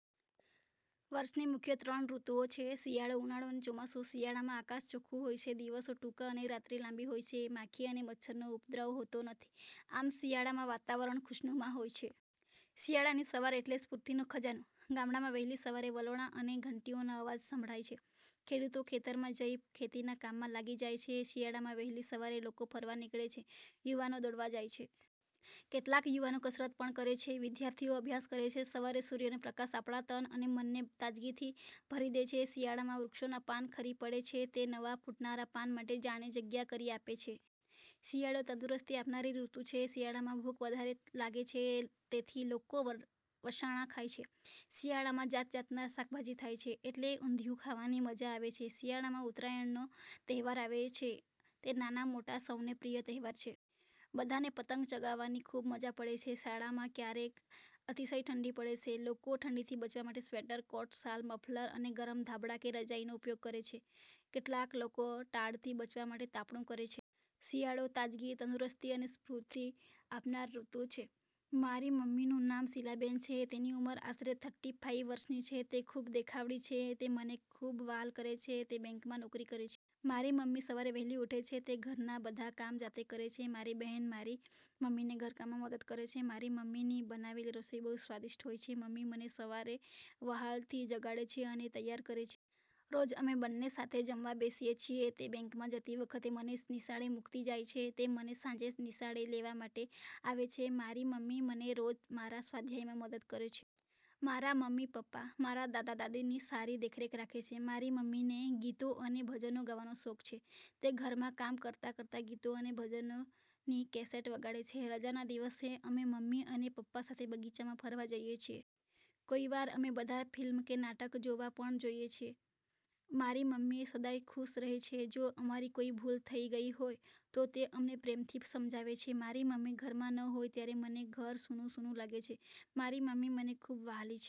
વર્ષની મુખ્ય ત્રણ ઋતુઓ છે શિયાળો ઉનાળો અને ચોમાસુ. શિયાળામાં આકાશ ચોખ્ખું હોય છે. દિવસો ટૂંકા અને રાત્રિ લાંબી હોય છે, માખી અને મચ્છરનો ઉપદ્રવ હોતો નથી. આમ, શિયાળામાં વાતાવરણ ખુશનુમા હોય છે. શિયાળાની સવાર એટલે સ્ફુર્તિનો ખજાનો. ગામડામાં વહેલી સવારે વલોણા અને ઘંટીઓના અવાજ સંભળાય છે. ખેડૂતો ખેતરમાં જઈ ખેતીના કામમાં લાગી જાય છે. શિયાળામાં વહેલી સવારે લોકો ફરવા નીકળે છે. યુવાનો દોડવા જાય છે. કેટલાક યુવાનો કસરત પણ કરે છે. વિદ્યાર્થીઓ અભ્યાસ કરે છે. સવારે સૂર્યનો પ્રકાશ આપણા તન અને મનને તાજગીથી ભરી દે છે. શિયાળામાં વૃક્ષોનાં પાન ખરી પડે છે. તે નવા ફુટનારા પાન માટે જાણે જગ્યા કરી આપે છે. શિયાળો તંદુરસ્તી આપનારી ઋતુ છે. શિયાળામાં ભૂખ વધારે લાગે છે. તેથી લોકો વસાણાં ખાય છે. શિયાળામાં જાતજાતના શાકભાજી થાય છે. એટલે ઊંધિયુ ખાવાની મજા આવે છે. શિયાળામાં ઉત્તરાયણનો તહેવાર આવે છે. તે નાના-મોટા સૌને પ્રિય તહેવાર છે. બધાને પતંગ ચગાવવાની ખૂબ મજા પડે છે. શાળામાં ક્યારેક અતિશય ઠંડી પડે છે. લોકો ઠંડીથી બચવા માટે સ્વેટર, કોટ, શાલ, મફલર અને ગરમ ધાબડા કે રજાઇનો ઉપયોગ કરે છ,. કેટલાક લોકો ટાઢથી બચવા માટે તાપણું કરે છે. શિયાળો તાજગી, તંદુરસ્તી અને સ્ફૂર્તિ આપનાર ઋતુ છે. મારી મમ્મીનું નામ શીલાબેન છે. તેની ઉંમર આશરે થર્ટી ફાઈવ વર્ષની છે. તે ખૂબ દેખાવડી છે. તે મને ખૂબ વ્હાલ કરે છે. તે બેંકમાં નોકરી કરે છે. મારી મમ્મી સવારે વહેલી ઉઠે છે. તે ઘરના બધા કામ જાતે કરે છે. મારી બહેન મારી મમ્મીને ઘરકામમાં મદદ કરે છે. મારી મમ્મી ની બનાવેલી રસોઈ બહુ સ્વાદિષ્ટ હોય છે. મમ્મી મને સવારે વહાલથી જગાડે છે અને તૈયાર કરે છે. રોજ અમે બંને સાથે જમવા બેસીએ છીએ. તે બેંકમાં જતી વખતે મને નિશાળે મૂકતી જાય છે. તે મને સાંજે નિશાળે લેવા માટે આવે છે. મારી મમ્મી મને રોજ મારા સ્વાધ્યાયમાં મદદ કરે છે. મારા મમ્મી પપ્પા, મારા દાદા-દાદી ની સારી દેખરેખ રાખે છે. મારી મમ્મીને ગીતો અને ભજનો ખાવાનો શોખ છે. તે ઘરમા કામ કરતા કરતા ગીતો અને ભજનો ની કેસેટ વગાડે છે. રજાના દિવસે અમે મમ્મી અને પપ્પા સાથે બગીચામાં ફરવા જઈએ છીએ. કોઈ વાર અમે બધા ફિલ્મ કે નાટક જોવા પણ જઈએ છીએ. મારી મમ્મી સદાય ખુશ રહે છે. જો અમારી કોઈ ભૂલ થઈ ગઈ હોય તો તે અમને પ્રેમથી સમજાવે છે. મારી મમ્મી ઘરમાં ન હોય ત્યારે મને ઘર સૂનું સૂનું લાગે છે. મારી મમ્મી મને ખૂબ વહાલી છે.